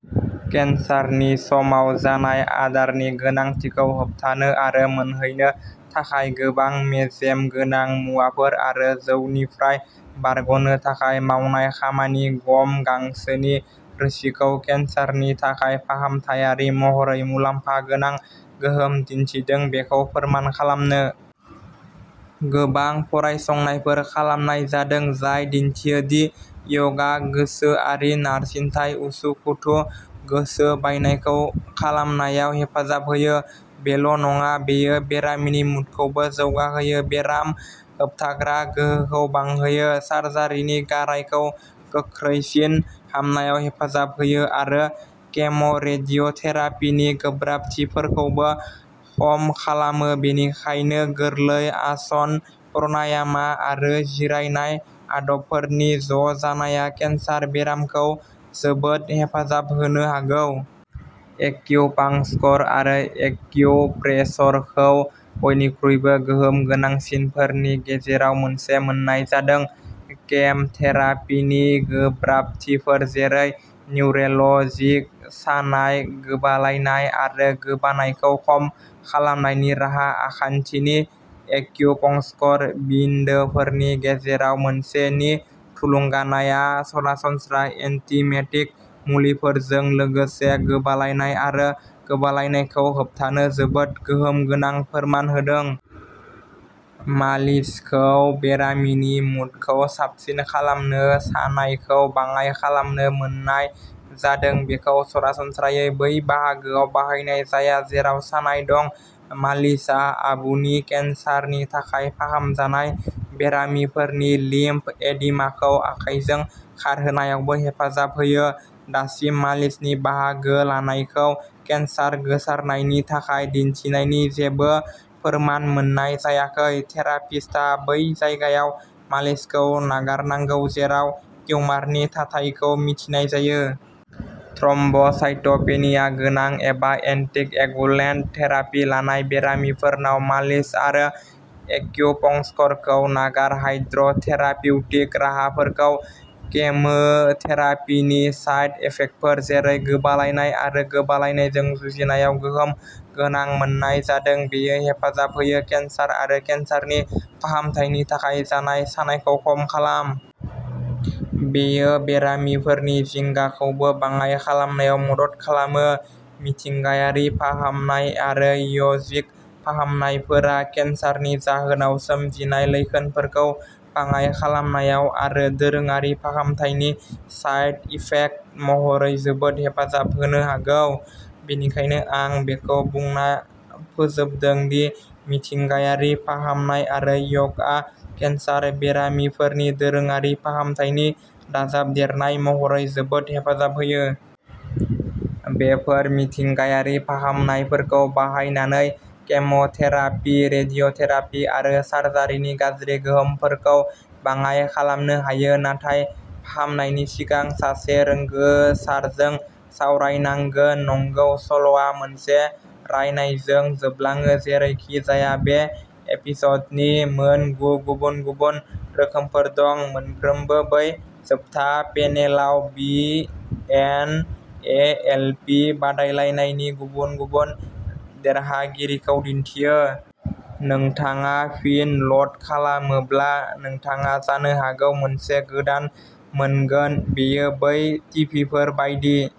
केन्सारनि समाव जानाय आदारनि गोनांथिखौ होबथानो आरो मोनहैनो थाखाय गोबां मेजेम गोनां मुवाफोर आरो जौनिफ्राय बारग'नो थाखाय मावनाय खामानि। गम गांसोनि रोसिखौ केनसारनि थाखाय फाहामथायारि महरै मुलाम्फा गोनां गोहोम दिन्थिदों बेखौ फोरमान खालामनो -- गोबां फरायसंनायफोर खालामनाय जादों जाय दिन्थियो दि य'गआ गोसोआरि नारसिनथाय उसुखुथु गोसो बायनायखौ खालामनायाव हेफाजाब होयो बेल'नङा बेयो बेरामिनि मुडखौबो जौगाहोयो बेराम होबथाग्रा गोहोखौ बांहोयो सार्जारिनि गारायखौ गोख्रैसिन हामनायाव हेफाजाब होयो आरो केम' रेडिय'थेरापिनि गोब्राबथिफोरखौबो खम खालामो बेनिखायनो गोरलै आसन प्रनायामा आरो जिरायनाय आदबफोरनि ज'जानाया केन्सार बेरामखौ जोबोद हेफाजाब होनो हागौ। एक्युपांक्चर आरो एक्युप्रेशरखौ बयनिख्रुइबो गोहोम गोनांसिनफोरनि गेजेराव मोनसे मोननाय जादों। केम थेरापिनि गोब्राबथिफोर जेरै निउरेलजिक सानाय गोबालायनाय आरो गोबानायखौ खम खालामनायनि राहा आखान्थिनि एक्युपंक्चर बिन्दोफोरनि गेजेराव मोनसे नि थुलुंगानायआ सरासनस्रा एन्टिमेटिक मुलिफोरजों लोगोसे गोबालायनाय आरो गोबालायनायखौ होबथानो जोबोद गोहोम गोनां फोरमान होदों। मालिसखौ बेरामिनि मुडखौ साबसिन खालामनो सानायखौ बाङाइ खालामनो मोननाय जादों। बेखौ सरासनस्रायै बै बाहागोआव बाहायनाय जाया जेराव सानाय दं। मालिसआ आबुनि केन्सारनि थाखाय फाहामजानाय बेरामिफोरनि लिम्फ एडिमाखौ आखाइजों खारहोनायावबो हेफाजाब होयो। दासिम मालिसनि बाहागोलानायखौ केन्सार गोसारनायनि थाखाय दिन्थिनायनि जेबो फोरमान मोननाय जायाखै थेरापिस्टआ बै जायगायाव मालिसखौ नागारनांगौ जेराव टिउमारनि थाथायखौ मिथिनाय जायो। थ्रम्ब साइटोपेनिया गोनां एबा एन्टिक एगुलेन्ट थेरापि लानाय बेरामिफोरनाव मालिस आरो एक्युपंक्चरखौ नागार। हायड्र थेरापिउटिक राहाफोरखौ केमोथेरापिनि साइड इफेक्टफोर जेरै गोबालायनाय आरो गोबालायनायजों जुजिनायाव गोहोम गोनां मोननाय जादों। बेयो हेफाजाब होयो। केन्सार आरो केन्सारनि फाहामथायनि थाखाय जानाय सानायखौ खम खालाम। बेयो बेरामिफोरनि जिंगाखौबो बाङाय खालामनायाव मदद खालामो। मिथिंगायारि फाहामनाय आरो य'जिक फाहामनायफोरा केन्सारनि जाहोनाव सोमजिनाय लैखोनफोरखौ बाङाइ खालामनायाव आरो दोरोङारि फाहामथायनि साइड इफेक्ट महरै जोबोद हेफाजाब होनो हागौ। बेनिखायनो आं बेखौ बुंना फोजोबदों दि मिथिंगायारि फाहामनाय आरो य'गआ केन्सार बेरामिफोरनो दोरोङारि फाहामथायनि दाजाबदेरनाय महरै जोबोद हेफाजाब होयो। बेफोर मिथिंगायारि फाहामनायफोरखौ बाहायनानै केम'थेरापि रेडिय'थेरापि आरो सार्जारिनि गाज्रि गोहोमफोरखौ बाङाइ खालामनो हायो। नाथाय फाहामनायनि सिगां सासे रोंगोसारजों सावरायनांगोन। नंगौ सल'आ मोनसे रायनायजों जोबलाङो जेरैखिजाया बे एपिस'डनि मोन गु गुबुन गुबुन रोखोमफोर दं मोनफ्रोमबो बै जोबथा पेनेलाव बि इन एएलपि बादायलायनायनि गुबुन गुबुन देरहागिरिखौ दिन्थियो। नोंथाङा फिन ल'ड खालामोब्ला नोंथाङा जानो हागौ मोनसे गोदान मोनगोन। बेयो बै टिभिफोर बायदि।